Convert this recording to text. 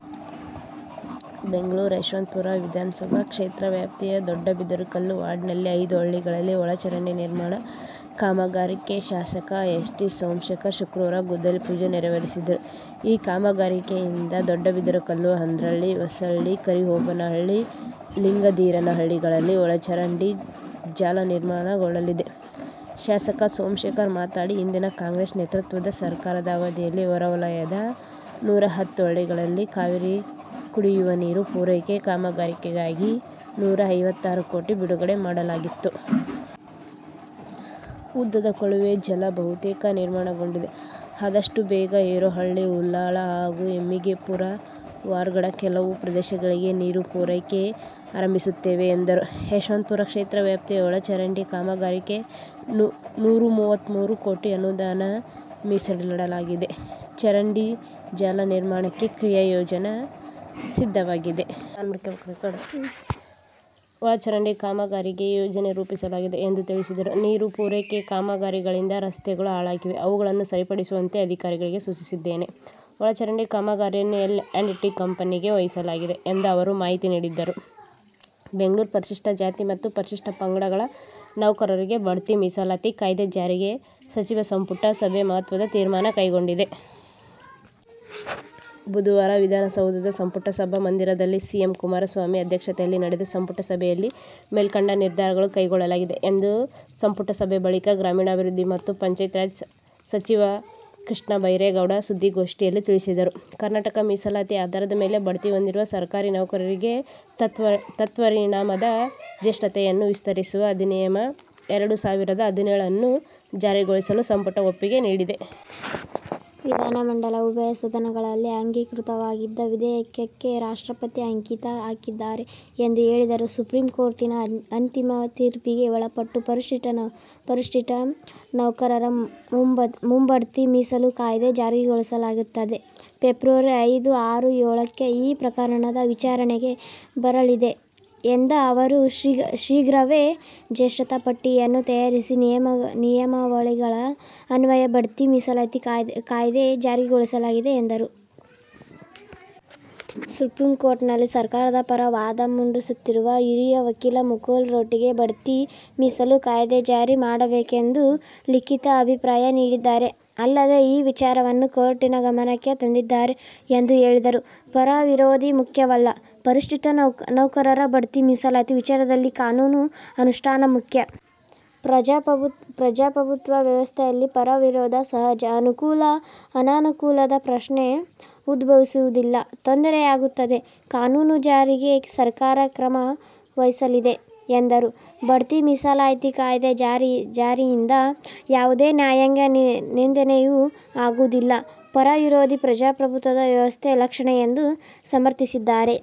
ಬೆಂಗಳೂರು: ಯಶವಂತಪುರ ವಿಧಾನಸಭಾ ಕ್ಷೇತ್ರ ವ್ಯಾಪ್ತಿಯ ದೊಡ್ಡಬಿದರಕಲ್ಲು ವಾರ್ಡ್ನಲ್ಲಿನ ಐದು ಹಳ್ಳಿಗಳಲ್ಲಿ ಒಳಚರಂಡಿ ನಿರ್ಮಾಣ ಕಾಮಗಾರಿಗೆ ಶಾಸಕ ಎಸ್. ಟಿ. ಸೋಮಶೇಖರ್ ಶುಕ್ರವಾರ ಗುದ್ದಲಿ ಪೂಜೆ ನೆರವೇರಿಸಿದರು. ಈ ಕಾಮಗಾರಿಯಿಂದ ದೊಡ್ಡಬಿದರಕಲ್ಲು, ಅಂದ್ರಹಳ್ಳಿ, ಹೊಸಹಳ್ಳಿ, ಕರಿಹೋಬನಹಳ್ಳಿ, ಲಿಂಗಧೀರನಹಳ್ಳಿಗಳಲ್ಲಿ ಒಳಚರಂಡಿ ಜಾಲ ನಿರ್ಮಾಣಗೊಳ್ಳಲಿದೆ. ಶಾಸಕ ಸೋಮಶೇಖರ್ ಮಾತನಾಡಿ, 'ಈ ಹಿಂದಿನ ಕಾಂಗ್ರೆಸ್ ನೇತೃತ್ವದ ಸರ್ಕಾರದ ಅವಧಿಯಲ್ಲಿ ಹೊರಹೊಲಯದ ನೂರ ಹತ್ತು ಹಳ್ಳಿಗಳಿಗೆ ಕಾವೇರಿ ಕುಡಿಯುವ ನೀರು ಪೂರೈಕೆ ಕಾಮಗಾರಿಗಾಗಿ ನೂರ ಐವತ್ತಾರು ಕೋಟಿ ಬಿಡುಗಡೆ ಮಾಡಲಾಗಿತ್ತು. ಉದ್ದದ ಕೊಳವೆ ಜಲ ಬಹುತೇಕ ನಿರ್ಮಾಣಗೊಂಡಿದೆ. ಆದಷ್ಟು ಬೇಗ ಹೇರೋಹಳ್ಳಿ, ಉಲ್ಲಾಳ ಹಾಗೂ ಹೆಮ್ಮಿಗೆಪುರ ವಾರ್ಡ್ಗಳ ಕೆಲವು ಪ್ರದೇಶಗಳಿಗೆ ನೀರು ಪೂರೈಕೆ ಆರಂಭಿಸುತ್ತೇವೆ' ಎಂದರು. 'ಯಶವಂತಪುರ ಕ್ಷೇತ್ರ ವ್ಯಾಪ್ತಿಯ ಒಳಚರಂಡಿ ಕಾಮಗಾರಿಗೆ ನೂರ ಮೂವತ್ಮೂರು ಕೋಟಿ ಅನುದಾನ ಮೀಸಲಿಡಲಾಗಿದೆ. ಚರಂಡಿ ಜಾಲ ನಿರ್ಮಾಣಕ್ಕೆ ಕ್ರಿಯಾ ಯೋಜನೆ ಸಿದ್ಧವಾಗಿದೆ. ಒಳಚರಂಡಿ ಕಾಮಗಾರಿಗೆ ಯೋಜನೆ ರೂಪಿಸಲಾಗಿದೆ' ಎಂದು ತಿಳಿಸಿದರು. 'ನೀರು ಪೂರೈಕೆ ಕಾಮಗಾರಿಗಳಿಂದ ರಸ್ತೆಗಳು ಹಾಳಾಗಿವೆ. ಅವುಗಳನ್ನು ಸರಿಪಡಿಸುವಂತೆ ಅಧಿಕಾರಿಗಳಿಗೆ ಸೂಚಿಸಿದ್ದೇನೆ. ಒಳಚರಂಡಿ ಕಾಮಗಾರಿಯನ್ನು ಎಲ್ ಆ್ಯಂಡ್ ಟಿ ಕಂಪನಿಗೆ ವಹಿಸಲಾಗಿದೆ' ಎಂದು ಅವರು ಮಾಹಿತಿ ನೀಡಿದರು. ಬೆಂಗಳೂರು, ಪರಿಶಿಷ್ಟ ಜಾತಿ ಮತ್ತು ಪರಿಶಿಷ್ಟ ಪಂಗಡಗಳ ನೌಕರರಿಗೆ ಭಡ್ತಿ ಮೀಸಲಾತಿ ಕಾಯ್ದೆ ಜಾರಿಗೆ ಸಚಿವ ಸಂಪುಟ ಸಭೆ ಮಹತ್ವದ ತೀರ್ಮಾನ ಕೈಗೊಂಡಿದೆ. ಬುಧವಾರ ವಿಧಾನಸೌಧದ ಸಂಪುಟ ಸಭಾ ಮಂದಿರದಲ್ಲಿ ಸಿಎಂ ಕುಮಾರಸ್ವಾಮಿ ಅಧ್ಯಕ್ಷತೆಯಲ್ಲಿ ನಡೆದ ಸಂಪುಟ ಸಭೆಯಲ್ಲಿ ಮೇಲ್ಕಂಡ ನಿರ್ಧಾರ ಕೈಗೊಳ್ಳಲಾಗಿದೆ ಎಂದು ಸಂಪುಟ ಸಭೆ ಬಳಿಕ ಗ್ರಾಮೀಣಾಭಿವೃದ್ಧಿ ಮತ್ತು ಪಂಚಾಯತ್ ರಾಜ್ ಸಚಿವ ಕೃಷ್ಣ ಬೈರೇಗೌಡ ಸುದ್ದಿಗೋಷ್ಠಿಯಲ್ಲಿ ತಿಳಿಸಿದರು. ಕರ್ನಾಟಕ ಮೀಸಲಾತಿ ಆಧಾರದ ಮೇಲೆ ಭಡ್ತಿ ಹೊಂದಿರುವ ಸರಕಾರಿ ನೌಕರರಿಗೆ ತತ್ಪರಿಣಾಮದ ಜೇಷ್ಠತೆಯನ್ನು ವಿಸ್ತರಿಸುವ ಅಧಿನಿಯಮ – ಎರಡು ಸಾವಿರದ ಹದಿನೇಳನ್ನು ಜಾರಿಗೊಳಿಸಲು ಸಂಪುಟ ಒಪ್ಪಿಗೆ ನೀಡಿದೆ. ವಿಧಾನ ಮಂಡಲ ಉಭಯ ಸದನಗಳಲ್ಲಿ ಅಂಗೀಕೃತವಾಗಿದ್ದ ವಿಧೇಯಕಕ್ಕೆ ರಾಷ್ಟ್ರಪತಿ ಅಂಕಿತ ಹಾಕಿದ್ದಾರೆ ಎಂದು ಹೇಳಿದರು. ಸುಪ್ರೀಂ ಕೋರ್ಟಿನ ಅಂತಿಮ ತೀರ್ಪಿಗೆ ಒಳಪಟ್ಟು ಪರಿಶಿಷ್ಟ ನೌಕರರ ಮುಂಭಡ್ತಿ ಮೀಸಲು ಕಾಯ್ದೆ ಜಾರಿಗೊಳಿಸಲಾಗುತ್ತದೆ. ಫೆಬ್ರವರಿ ಐದು, ಆರು, ಏಳಕ್ಕೆ ಈ ಪ್ರಕರಣದ ವಿಚಾರಣೆಗೆ ಬರಲಿದೆ ಎಂದ ಅವರು, ಶೀಘ್ರವೇ ಜೇಷ್ಠತಾ ಪಟ್ಟಿಯನ್ನು ತಯಾರಿಸಿ ನಿಯಮಾವಳಿಗಳ ಅನ್ವಯ ಭಡ್ತಿ ಮೀಸಲಾತಿ ಕಾಯ್ದೆ ಜಾರಿಗೊಳಿಸಲಾಗಿದೆ ಎಂದರು. ಸುಪ್ರೀಂ ಕೋರ್ಟ್ನಲ್ಲಿ ಸರಕಾರದ ಪರ ವಾದ ಮಂಡಿಸುತ್ತಿರುವ ಹಿರಿಯ ವಕೀಲ ಮುಕುಲ್ ರೋಟಗಿ ಭಡ್ತಿ ಮೀಸಲು ಕಾಯ್ದೆ ಜಾರಿ ಮಾಡಲೇಬೇಕೆಂದು ಲಿಖಿತ ಅಭಿಪ್ರಾಯ ನೀಡಿದ್ದಾರೆ. ಅಲ್ಲದೆ, ಈ ವಿಚಾರವನ್ನು ಕೋರ್ಟಿನ ಗಮನಕ್ಕೂ ತಂದಿದ್ದಾರೆ ಎಂದು ಹೇಳಿದರು. ಪರ – ವಿರೋಧ ಮುಖ್ಯವಲ್ಲ: ಪರಿಶಿಷ್ಟ ನೌಕರರ ಭಡ್ತಿ ಮೀಸಲಾತಿ ವಿಚಾರದಲ್ಲಿ ಕಾನೂನು ಅನುಷ್ಟಾನ ಮುಖ್ಯ. ಪ್ರಜಾಪ್ರಭುತ್ವ ವ್ಯವಸ್ಥೆಯಲ್ಲಿ ಪರ – ವಿರೋಧ ಸಹಜ. ಅನುಕೂಲ, ಅನಾನುಕೂಲದ ಪ್ರಶ್ನೆ ಉದ್ಭವಿಸುವುದಿಲ್ಲ. ತೊಂದರೆಯಾಗದಂತೆ ಕಾನೂನು ಜಾರಿಗೆ ಸರಕಾರ ಕ್ರಮ ವಹಿಸಲಿದೆ ಎಂದರು. ಭಡ್ತಿ ಮೀಸಲಾತಿ ಕಾಯ್ದೆ ಜಾರಿಯಿಂದ ಯಾವುದೇ ನ್ಯಾಯಾಂಗ ನಿಂದನೆಯೂ ಆಗುವುದಿಲ್ಲ. ಪರ – ವಿರೋಧ ಪ್ರಜಾಪ್ರಭುತ್ವ ವ್ಯವಸ್ಥೆ ಲಕ್ಷಣ ಎಂದು ಸಮರ್ಥಿಸಿದ್ದಾರೆ.